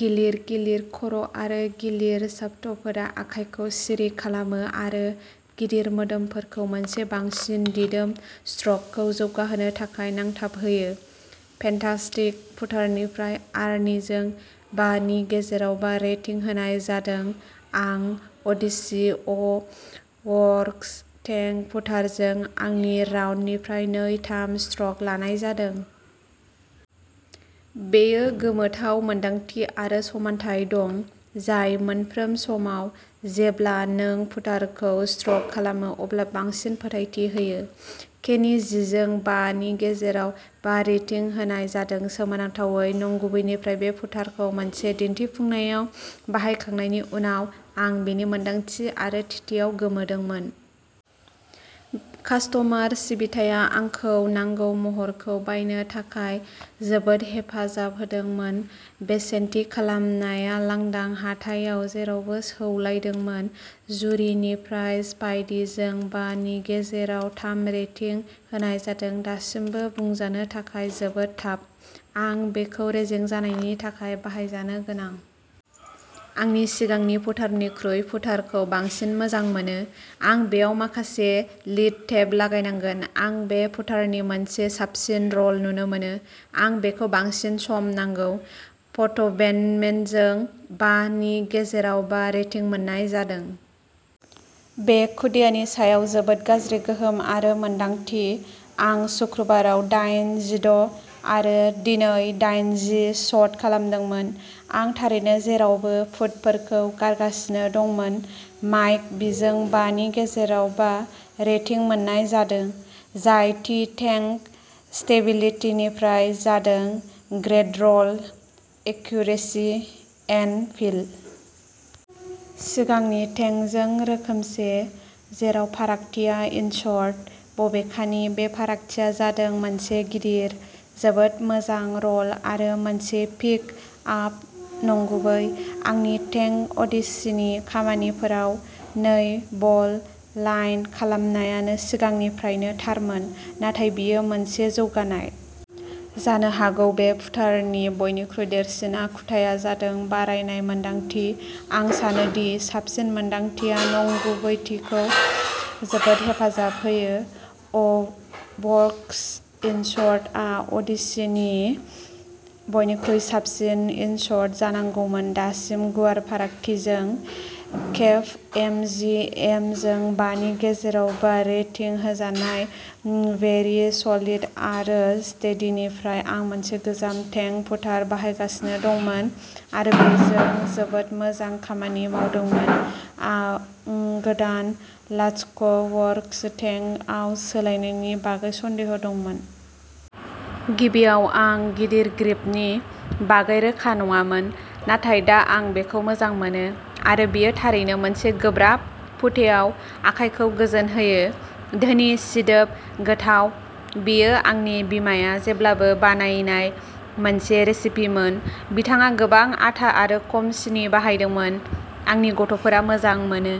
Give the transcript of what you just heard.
गिलिर, गिलिर खर' आरो गिलिर शाफ्टफोरा आखाइखौ सिरि खालामो आरो गिदिर मोदोमफोरखौ मोनसे बांसिन दिदोम स्ट्रकखौ जौगाहोनो थाखाय नांथाबहोयो। फेन्टास्टिक पुटारनिफ्राय आरनिजों बा नि गेजेराव बा रेटिं होनाय जादों आं अडिसी अ-वर्क्स टेंक पुटारजों आंनि राउन्डनिफ्राय नै-थाम स्ट्रक लानाय जादों। बेयो गोमोथाव मोनदांथि आरो समानथाय दं। जाय मोनफ्रोम समाव जेब्ला नों पुटारखौ स्ट्रक खालामो अब्ला बांसिन फोथायथि होयो। केनी जिजों बा नि गेजेराव बा रेटिं होनाय जादों सोमोनांथावै नंगुबैनिफ्राय बे पुटारखौ मोनसे दिन्थिफुंनायाव बाहायखांनायनि उनाव आं बेनि मोनदांथि आरो थिथियाव गोमोदोंमोन। कास्ट'मार सिबिथाया आंखौ नांगौ महरखौ बायनो थाखाय जोबोद हेफाजाब होदोंमोन। बेसेन थि खालामनाया लांदां हाथायाव जेरावबो सौलायदोंमोन। जुरिनिफ्राय स्पाइडी जों बा नि गेजेराव थाम रेटिं होनाय जादों दासिमबो बुंजानो थाखाय जोबोद थाब। आं बेखौ रेजें जानायनि थाखाय बाहायजानो गोनां। आंनि सिगांनि पुटारनिख्रुइ पुटारखौ बांसिन मोजां मोनो। आं बेयाव माखासे लिड टेप लागायनांगोन। आं बे पुटारनि मोनसे साबसिन र'ल नुनो मोनो। आं बेखौ बांसिन सम नांगौ। फट'बेन्डमेनजों बा नि गेजेराव बा रेटिं मोननाय जादों। बे खुदियानि सायाव जोबोद गाज्रि गोहोम आरो मोन्दांथि। आं सुक्रुबाराव दाइन जिद’ आरो दिनै दाइनजि शट खालामदोंमोन। आं थारैनो जेरावबो पुटफोरखौ गारगासिनो दंमोन। माइक बिजों बा नि गेजेराव बा रेटिं मोननाय जादो। जाय थि टेंक स्टेबिलिटिनिफ्राय जादों-ग्रेट र'ल, एक्युरेसि एन्ड फिल। सिगांनि टेंक जों रोखोमसे। जेराव फारागथिया इन्सर्ट। बबेखानि बे फारागथिया जादों मोनसे गिदिर। जोबोद मोजां र'ल आरो मोनसे पिक आप नंगुबै। आंनि टेंक अडिसीनि खामानिफोराव नै बल लाइन खालामनायानो सिगांनिफ्रायनो थारमोन। नाथाय बेयो मोनसे जौगानाय। जानो हागौ बे पुटारनि बयनिख्रुइ देरसिन आखुथाया जादों बारायनाय मोनदांथि। आं सानो दि साबसिन मोनदांथिया नंगुबैथिखौ जोबोद हेफाजाब होयो। अ-वर्क्स इन्सरटआ अडिसीनि बयनिख्रुइ साबसिन इन्सरट जानांगौमोन दासिम गुवार फारागथिजों। केप्ट एम जि एमजों बा नि गेजेराव बा रेटिं होजानाय वेरी सलिड आरो स्टेडीनिफ्राय आं मोनसे गोजाम टेंक पुटार बाहायगासिनो दंमोन आरो बेजों जोबोद मोजां खामानि मावदोंमोन आं गोदान लाथिख’-वरक्स टेंक आव सोलायनायनि बागै सन्देह दंमोन। गिबियाव आं गिदिर ग्रिपनि बागै रोखा नङामोन नाथाय दा आं बेखौ मोजां मोनो आरो बेयो थारैनो मोनसे गोब्राब पुटेआव आखाइखौ गोजोन होयो। धोनि, सिदोब, गोथाव। बेयो आंनि बिमाया जेब्लाबो बानायनाय मोनसे रेसिपिमोन। बिथाङा गोबां आटा आरो खम सिनि बाहायदोंमोन। आंनि गथ'फोरा मोजां मोनो।